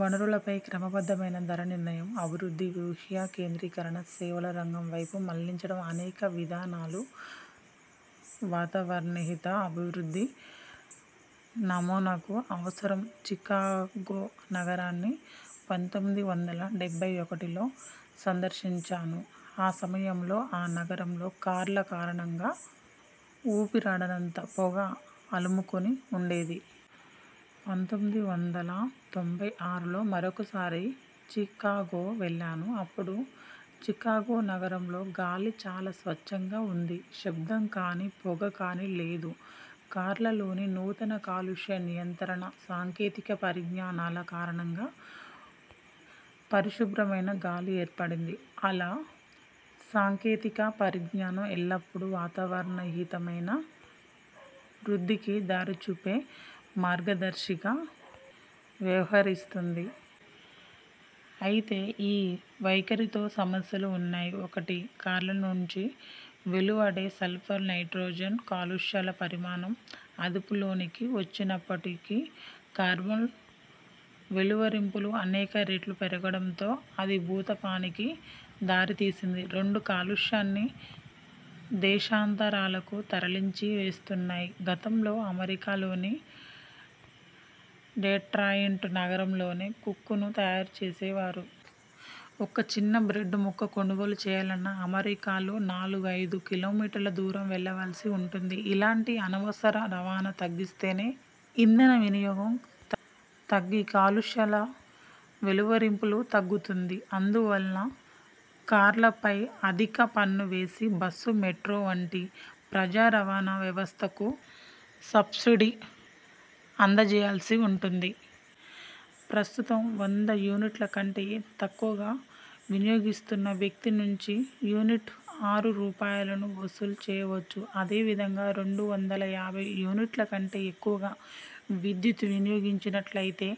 వనరులపై క్రమబద్ధమైన ధర నిర్ణయం, అభివృద్ధి వ్యూహ కేంద్రీకరణ సేవల రంగం వైపు మళ్లించడం అనేక విధానాలు వాతావరణహిత అభివృద్ధి నమూనాకు అవసరం. చికాగో నగరాన్ని పంతొమ్మిది వందల డెబ్బై ఒకటిలో సందర్శించాను. ఆ సమయంలో ఆ నగరంలో కార్ల కారణంగా ఊపిరాడనంత పొగ అలుముకొని ఉండేది. పంతొమ్మిది వందల తొంభై ఆరులో మరోసారి చికాగో వెళ్ళాను. అప్పుడు చికాగో నగరంలో గాలి చాలా స్వచ్ఛంగా ఉంది. శబ్దం కానీ, పొగ కానీ లేదు. కార్లలోని నూతన కాలుష్య నియంత్రణ సాంకేతిక పరిజ్ఞానాల కారణంగా పరిశుభ్రమైన గాలి ఏర్పడింది. అలా సాంకేతిక పరిజ్ఞానం ఎల్లప్పుడూ వాతావరణహితమైన వృద్ధికి దారిచూపే మార్గదర్శిగా వ్యవహరిస్తుంది. అయితే ఈ వైఖరితో సమస్యలూ ఉన్నాయి. ఒకటి, కార్ల నుంచి వెలువడే సల్ఫర్, నైట్రోజన్ కాలుష్యాల పరిమాణం అదుపులోనికి వచ్చిన్నప్పటికీ, కార్బన్ వెలువరింపులు అనేక రెట్లు పెరగడంతో అది భూతాపానికి దారితీసింది. రెండు, కాలుష్యాన్ని దేశాంతరాలకు తరలించి వేస్తున్నారు. గతంలో అమెరికాలోని డెట్రాయిడ్ నగరంలోనే ఉక్కును తయారు చేసేవారు. ఒక చిన్న బ్రెడ్డు ముక్క కొనుగోలు చేయాలన్నా అమెరికాలో నాలుగు, ఐదు కిలోమీటర్ల దూరం వెళ్ళవలసి ఉంటుంది. ఇలాంటి అనవసర రవాణా తగ్గిస్తేనే, ఇంధన వినియోగం తగ్గి కాలుష్యాల వెలువరింపు తగ్గుతుంది. అందువల్ల కార్ల పై అధిక పన్ను వేసి, బస్సు, మెట్రో వంటి ప్రజా రవాణా వ్యవస్థకు సబ్సిడీ అందజేయాల్సి ఉంటుంది. ప్రస్తుతం, వంద యూనిట్ల కంటే తక్కువగా వినయోగిస్తున్న వ్యక్తి నుంచి యూనిట్ ఆరు రూపాయలులను వసూలు చేయవచ్చు. అదే విధంగా రెండు వందల యాభై యూనిట్ల కంటే ఎక్కువగా విద్యుత్ను వినియోగించినట్లయితే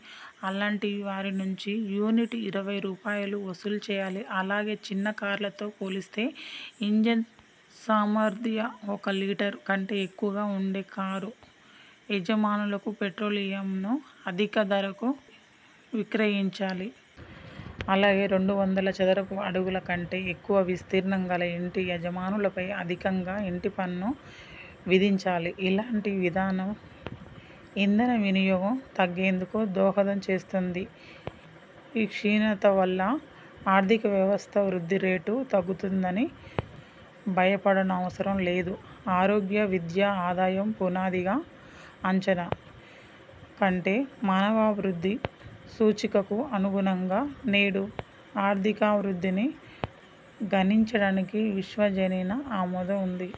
అలాంటి వారి నుంచి యూనిట్ ఇరవై రూపాయలు వసూలు చేయాలి. అలాగే, చిన్న కార్లతో పోలిస్తే, ఇంజన్ సామర్థ్య ఒక లీటరు కంటే ఎక్కువగా ఉండే కారు యజమానులకు పెట్రోలియంను అధిక ధరకు విక్రయించాలి. అలాగే, రెండు వందల చదరపు అడుగుల కంటే ఎక్కువ విస్తీర్ణంగల ఇంటి యజమానులపై అధికంగా ఇంటి పన్ను విధించాలి ఇలాంటి విధానం ఇంధన వినియోగం తగ్గేందుకు దోహదం చేస్తుంది. ఈ క్షీణత వల్ల ఆర్థికవ్యవస్థ వృద్ధి రేటు తగ్గుతుందని భయపడనవసరం లేదు. ఆరోగ్యం, విద్య, ఆదాయం పునాదిగా అంచనా కట్టే మానవాభివృద్ధి సూచికకు అనుగుణంగా నేడు ఆర్థికాభివృద్ధిని గణించడానికి విశ్వజనీన ఆమోదం ఉంది.